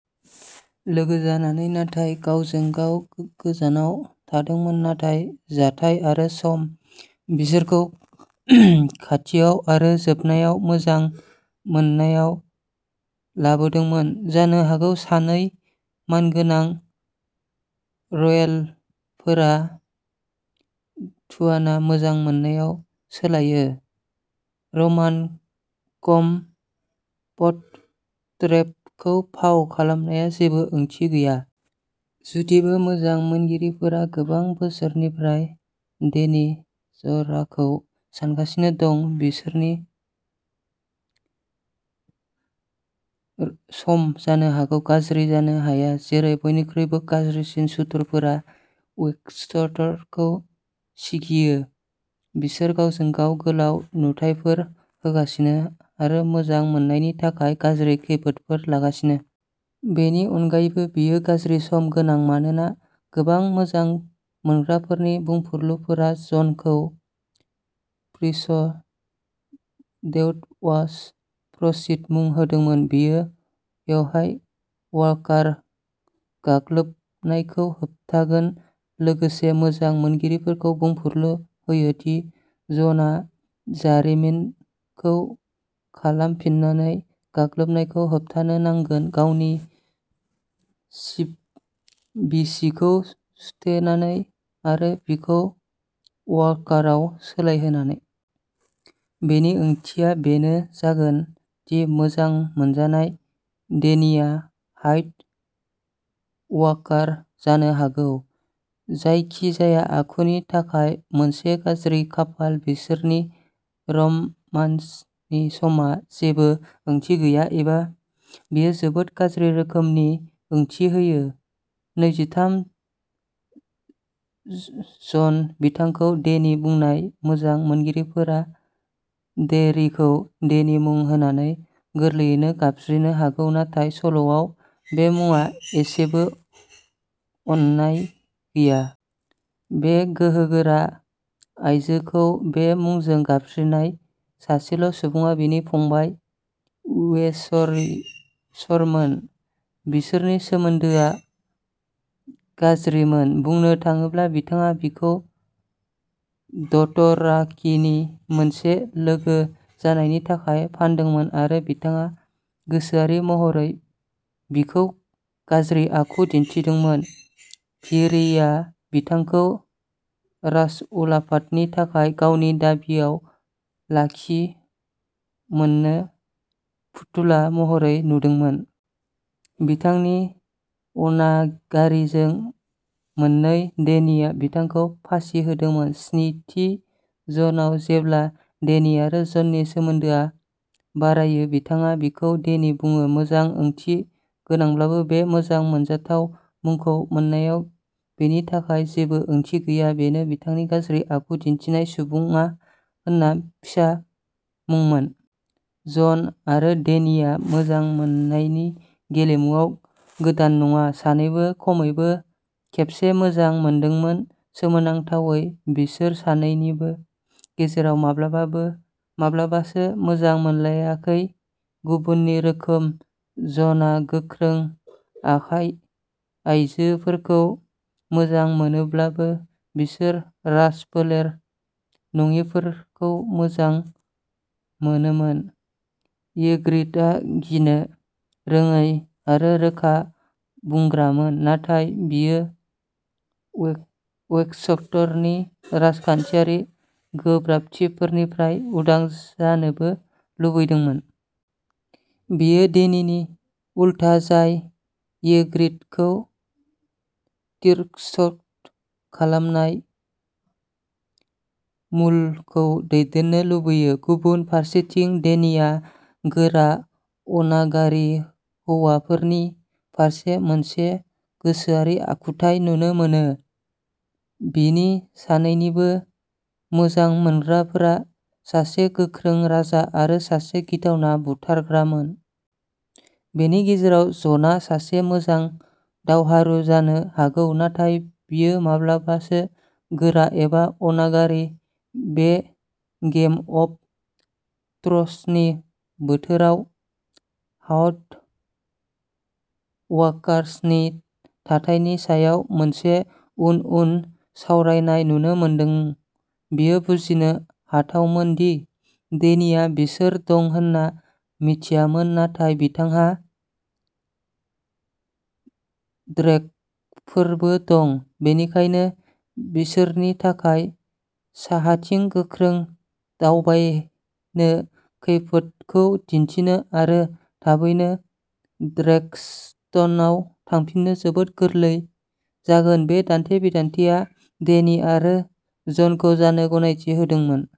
लोगो जानानै, नाथाय गावजों गाव गोजानाव थादोंमोन। नाथाय, जाथाय आरो समा बिसोरखौ खाथियाव आरो जोबनायाव मोजां मोननायाव लाबोदोंमोन जानो हागौ। सानै मानगोनां रयेलफोरा घृणाया मोजां मोननायाव सोलायो रमान कम प्लट थ्रेडखौ फाव खालामनाया जेबो ओंथि गैया। जुदिबो मोजां मोनगिरिफोरा गोबां बोसोरनिफ्राय डेनी जराखौ सानगासिनो दं, बिसोरनि रमान्सनि समआ जानो हागौ गाज्रिसिन जानो हाया। जेरै बयनिख्रुइबो गाज्रिसिन सुथुरफोरा वेस्टेरसखौ सिगियो, बिसोर गावजों-गाव गोलाव नुथायफोर होगासिनो आरो मोजां मोननायनि थाखाय गाज्रि खैफोदफोर लागासिनो। बेनि अनगायैबो, बेयो गाज्रि सम गोनां मानोना गोबां मोजां मोनग्राफोरनि बुंफुरलुफोरा जनखौ प्रिन्स दैट वास प्रमिस्ड मुं होदोंमोन। बियो व्हाइट वाकार गाग्लोबनायखौ होबथायगोन। लोगोसे, मोजां मोनगिरिफोरा बुंफुरलु होयो दि जनआ जारिमिनखौ खालामफिननानै गाग्लोबनायखौ होबथानो नांगोन गावनि बिसिखौ सुथेनानै आरो बिखौ वाकारआव सोलायनानै। बेनि ओंथिया बेनो जागोन दि मोजां मोनजानाय डेनीआ व्हाइट वाकार जानो हागौ, जायखिजाया आखुनि थाखाय मोनसे गाज्रि खाफाल। बिसोरनि रमान्सनि समआ जेबो ओंथि गैया। एबा बेयो जोबोद गाज्रि रोखोमनि ओंथि होयो। नैजिथाम जन बिथांखौ डेनी बुंनाय मोजां मोनगिरिफोरा डेनेरिखौ डेनी मुं होनानै गोरलैयैनो गाबज्रिनो हागौ, नाथाय सल'आव, बे मुङा एसेबो अननाय गैया। बे गोहोगोरा आयजोखौ बे मुंजों गाबज्रिनाय सासेल'सुबुङा बिनि फंबाय, विसेरिसमोन। बिसोरनि सोमोन्दोआ गाज्रिमोन, बुंनो थाङोब्ला। बिथाङा बिखौ डथराकीनो मोनसे लोगो जानायनि थाखाय फानदोंमोन आरो बिथाङा गोसोआरि महरै बिखौ गाज्रि आखु दिन्थिदोंमोन। भिसेरिसआ बिथांखौ राजउलाफादनि थाखाय गावनि दाबिआव खालि मोनसे फुथुला महरैसो नुदोंमोन। बिथांनि अनागारिजों मेंनानै, डेनीआ बिथांखौ फासि होदोंमोन। स्निथि सिजनआव, जेब्ला डेनी आरो जननि सोमोन्दोआ बारायो, बिथाङा बिखौ डेनी बुङो। मोजां ओंथि गोनांब्लाबो, बे मोजां मोनथाव मुंखौ मोननाया बिनि थाखाय जेबो ओंथि गैया। बेयो बिथांनि गाज्रि आखु दिन्थिनाय सुबुङा होनाय फिसा मुंमोन। जन आरो डेनीआ मोजां मोननायनि गेलेमुआव गोदान नङा। सानैबो खमैबो खेबसे मोजां मोनदोंमोन। सोमोनांथावै, बिसोर सानैनिबो गेजेराव माब्लाबासो मोजां मोनलायाखै। गुबुननि रोखोम। ज'नआ गोख्रों आइजोफोरखौ मोजां मोनोब्लाबो, बियो राजफोलेर नङिफोरखौ मोजां मोनोमोन। यिग्रिटआ गिनो रोङै आरो रोखा बुंग्रामोन, नाथाय बियो वेस्टेरसनि राजखान्थियारि गोब्राबथिफोरनिफ्राय उदां जानोबो लुबैदोंमोन। बेयो डेनिनि उल्था, जाय यिग्रिटखौ तिरस्कृत खालामनाय मुलुगखौ दैदेननो लुबैयो। गुबुन फारसेथिं, डेनिआ गोरा, अनागारि हौवाफोरनि फारसे मोनसे गोसोआरि आखुथाय नुनो मोनो। बिनि सानैबो मोजां मोनग्राफोरा सासे गोख्रों राजा आरो सासे गिथावना बुथारग्रामोन। बेनि गेजेराव, ज'ना सासे मोजां दावहारु जानो हागौ, नाथाय बियो माब्लाबासो गोरा एबा अनागारि। बे गेम अफ थ्र'न्सनि बोथोराव व्हाइट वाकार्सनि थाथायनि सायाव मोनसे उन-उन सावरायनाय नुनो मोनदों। बेयो बुजिनो हाथावनामोन दि डेनिआ बिसोर दं होन्ना मिथियामोन, नाथाय बिथांहा ड्रेगनफोरबो दं, बेनिखायनो बिसोरनि थाखाय साहाथिं गोख्रै दावबायनो, खैफोदखौ दिन्थिनो आरो थाबैनो ड्रेगनस्टनआव थांफिननो जोबोद गोरलै जागोन। बे दान्थे-बिदान्थेया डेनि आरो जनखौ जानो गनायथि होदोंमोन।